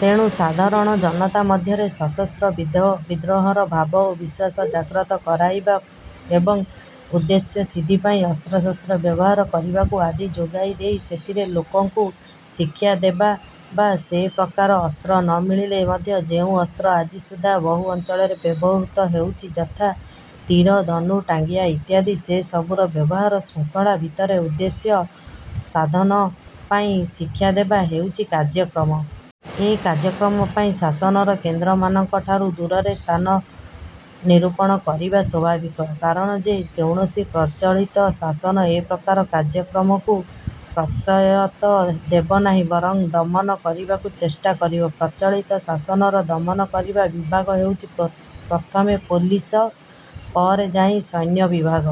ତେଣୁ ସାଧାରଣ ଜନତା ମଧ୍ୟରେ ସଶସ୍ତ୍ର ବିଦ୍ରୋହର ଭାବ ଓ ବିଶ୍ୱାସ ଜାଗ୍ରତ କରାଇବା ଏବଂ ଉଦ୍ଦେଶ୍ୟ ସିଦ୍ଧି ପାଇଁ ଅସ୍ତ୍ରଶସ୍ତ୍ର ବ୍ୟବହାର କରିବାକୁ ଆଦି ଯୋଗାଇ ଦେଇ ସେଥିରେ ଲୋକଙ୍କୁ ଶିକ୍ଷା ଦେବା ବା ସେ ପ୍ରକାର ଅସ୍ତ୍ର ନ ମିଳିଲେ ମଧ୍ୟ, ଯେଉଁ ଅସ୍ତ୍ର ଆଜି ସୁଦ୍ଧା ବହୁ ଅଞ୍ଚଳରେ ବ୍ୟବହୃତ ହେଉଛି, ଯଥା- ତୀର, ଧନୁ, ଟାଙ୍ଗିଆ ଇତ୍ୟାଦି ସେ ସବୁର ବ୍ୟବହାର ଶୃଙ୍ଖଳା ଭିତରେ ଉଦ୍ଦେଶ୍ୟ ସାଧନ ପାଇଁ ଶିକ୍ଷାଦେବା ହେଉଛି କାର୍ଯ୍ୟକ୍ରମ। ଏ କାର୍ଯ୍ୟକ୍ରମ ପାଇଁ ଶାସନର କେନ୍ଦ୍ରମାନଙ୍କଠାରୁ ଦୂରରେ ସ୍ଥାନ ନିରୂପଣ କରିବା ସ୍ୱାଭାବିକ; କାରଣ ଯେ କୌଣସି ପ୍ରଚଳିତ ଶାସନ ଏ ପ୍ରକାର କାର୍ଯ୍ୟକ୍ରମକୁ ପ୍ରଶ୍ରୟ ତ ଦେବନାହିଁ ବରଂ ଦମନ କରିବାକୁ ଚେଷ୍ଟା କରିବ। ପ୍ରଚଳିତ ଶାସନର ଦମନ କରିବା ବିଭାଗ ହେଉଛି ପ୍ରଥମେ ପୋଲିସ ପରେ ଯାଇଁ ସୈନ୍ୟବିଭାଗ।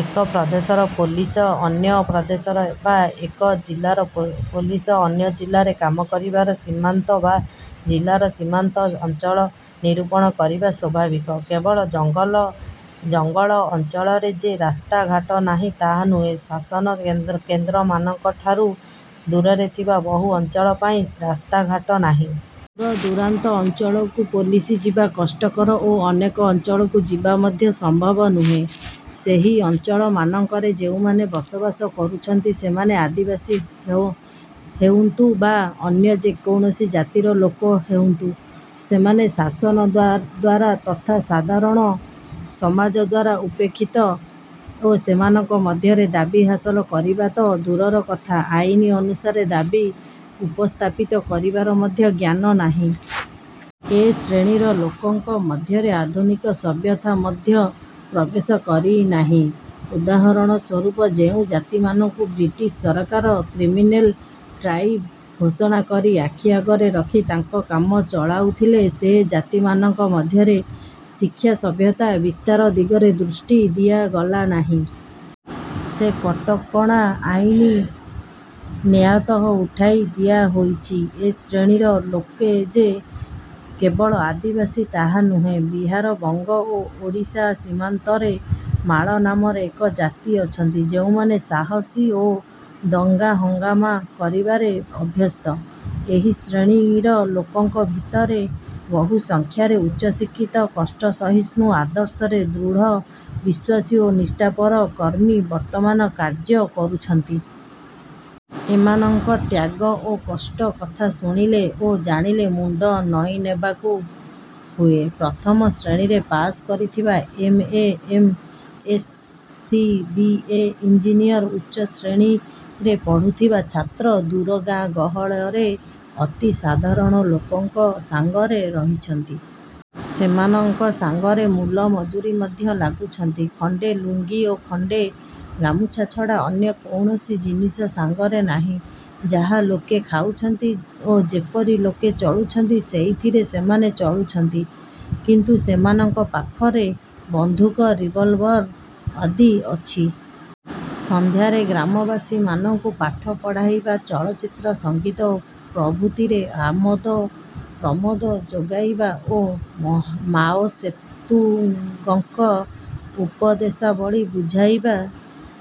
ଏକ ପ୍ରଦେଶର ପୋଲିସ ଅନ୍ୟ ପ୍ରଦେଶରେ ବା ଏକ ଜିଲ୍ଲାର ପୋଲିସ ଅନ୍ୟ ଜିଲ୍ଲାରେ କାମ କରିବାରେ ସୀମାନ୍ତ ବା ଜିଲ୍ଲାର ସୀମାନ୍ତ ଅଞ୍ଚଳ ନିରୂପଣ କରିବା ସ୍ୱାଭାବିକ। କେବଳ ଜଙ୍ଗଳ ଅଞ୍ଚଳରେ ଯେ ରାସ୍ତା ଘାଟ ନାହିଁ ତାହା ନୁହେଁ। ଶାସନ କେନ୍ଦ୍ରମାନଙ୍କଠାରୁ ଦୂରରେ ଥିବା ବହୁ ଅଞ୍ଚଳ ପାଇଁ ରାସ୍ତା ଘାଟ ନାହିଁ। ଦୂର ଦୂରାନ୍ତ ଅଞ୍ଚଳକୁ ପୋଲିସ ଯିବା କଷ୍ଟକର ଓ ଅନେକ ଅଞ୍ଚଳକୁ ଯିବା ମଧ୍ୟ ସମ୍ଭବ ନୁହେଁ। ସେହି ଅଞ୍ଚଳ ମାନଙ୍କରେ ଯେଉଁମାନେ ବସବାସ କରୁଛନ୍ତି, ସେମାନେ ଆଦିବାସୀ ହେଉନ୍ତୁ ବା ଅନ୍ୟ ଯେ କୌଣସି ଜାତିର ଲୋକ ହେଉନ୍ତୁ ସେମାନେ ଶାସନ ଦ୍ୱାରା ତଥା ସାଧାରଣ ସମାଜ ଦ୍ୱାରା ଉପେକ୍ଷିତ ଓ ସେମାନଙ୍କ ମଧ୍ୟରେ ଦାବି ହାସଲ କରିବା ତ ଦୂରର କଥା, ଆଇନ ଅନୁସାରେ ଦାବି ଉପସ୍ଥାପିତ କରିବାର ମଧ୍ୟ ଜ୍ଞାନ ନାହିଁ। ଏ ଶ୍ରେଣୀର ଲୋକଙ୍କ ମଧ୍ୟରେ ଆଧୁନିକ ସଭ୍ୟତା ମଧ୍ୟ ପ୍ରବେଶ କରିନାହିଁ। ଉଦାହରଣସ୍ୱରୂପ ଯେଉଁ ଜାତିମାନଙ୍କୁ ବିଟ୍ରିଶ ସରକାର 'କ୍ରିମିନେଲ ଟ୍ରାଇବ' ଘୋଷଣା କରି ଆଖିଆଗରେ ରଖି ତାଙ୍କ କାମ ଚଳାଉଥିଲେ, ସେ ଜାତିମାନଙ୍କ ମଧ୍ୟରେ ଶିକ୍ଷା ସଭ୍ୟତା ବିସ୍ତାର ଦିଗରେ ଦୃଷ୍ଟି ଦିଆ ଗଲାନାହିଁ। ସେ କଟକଣା ଆଇନ ନ୍ୟାୟତଃ ଉଠାଇ ଦିଆହୋଇଛି। ଏ ଶ୍ରେଣୀର ଲୋକେ ଯେ କେବଳ ଆଦିବାସୀ ତାହା ନୁହେଁ। ବିହାର, ବଙ୍ଗ ଓ ଓଡ଼ିଶା ସୀମାନ୍ତରେ ମାଳ ନାମରେ ଏକ ଜାତି ଅଛନ୍ତି, ଯେଉଁମାନେ ସାହସୀ ଓ ଦଙ୍ଗାହଙ୍ଗାମା କରିବାରେ ଅଭ୍ୟସ୍ତ। ଏହି ଶ୍ରେଣୀର ଲୋକଙ୍କ ଭିତରେ ବହୁ ସଂଖ୍ୟାରେ ଉଚ୍ଚ ଶିକ୍ଷିତ, କଷ୍ଟସହିଷ୍ଣୁ, ଆଦର୍ଶରେ ଦୃଢ଼ ବିଶ୍ୱାସୀ ଓ ନିଷ୍ଠାପର କର୍ମୀ ବର୍ତ୍ତମାନ କାର୍ଯ୍ୟ କରୁଛନ୍ତି। ଏମାନଙ୍କ ତ୍ୟାଗ ଓ କଷ୍ଟ କଥା ଶୁଣିଲେ ଓ ଜାଣିଲେ ମୁଣ୍ଡ ନଇଁନେବାକୁ ହୁଏ। ପ୍ରଥମ ଶ୍ରେଣୀରେ ପାସ୍ କରିଥିବା M: A; M: S. C; B A, engineer, ଉଚ୍ଚ ଶ୍ରେଣୀରେ ପଢ଼ୁଥିବା ଛାତ୍ର ଦୂର ଗାଁ ଗହଳରେ ଅତି ସାଧାରଣ ଲୋକଙ୍କ ସାଙ୍ଗରେ ରହିଛନ୍ତି। ସେମାନଙ୍କ ସାଙ୍ଗରେ ମୂଲ ମଜୁରୀ ମଧ୍ୟ ଲାଗୁଛନ୍ତି। ଖଣ୍ଡେ ଲୁଙ୍ଗି ଓ ଖଣ୍ଡେ ଗାମୁଛା ଛଡ଼ା ଅନ୍ୟ କୌଣସି ଜିନିଷ ସାଙ୍ଗରେ ନାହିଁ, ଯାହା ଲୋକେ ଖାଉଛନ୍ତି ଓ ଯେପରି ଲୋକେ ଚଳୁଛନ୍ତି ସେଇଥିରେ ସେମାନେ ଚଳୁଛନ୍ତି। କିନ୍ତୁ ସେମାନଙ୍କ ପାଖରେ ବନ୍ଧୁକ ରିଭଲଭର ଆଦି ଅଛି। ସନ୍ଧ୍ୟାରେ ଗ୍ରାମବାସୀମାନଙ୍କୁ ପାଠ ପଢ଼ାଇବା, ଚଳଚ୍ଚିତ୍ର ସଙ୍ଗୀତ ପ୍ରଭୃତିରେ ଆମୋଦ ପ୍ରମୋଦ ଯୋଗାଇବା ଓ ମାଓସେତୁଙ୍ଗଙ୍କ ଉପଦେଶାବଳୀ ବୁଝାଇବା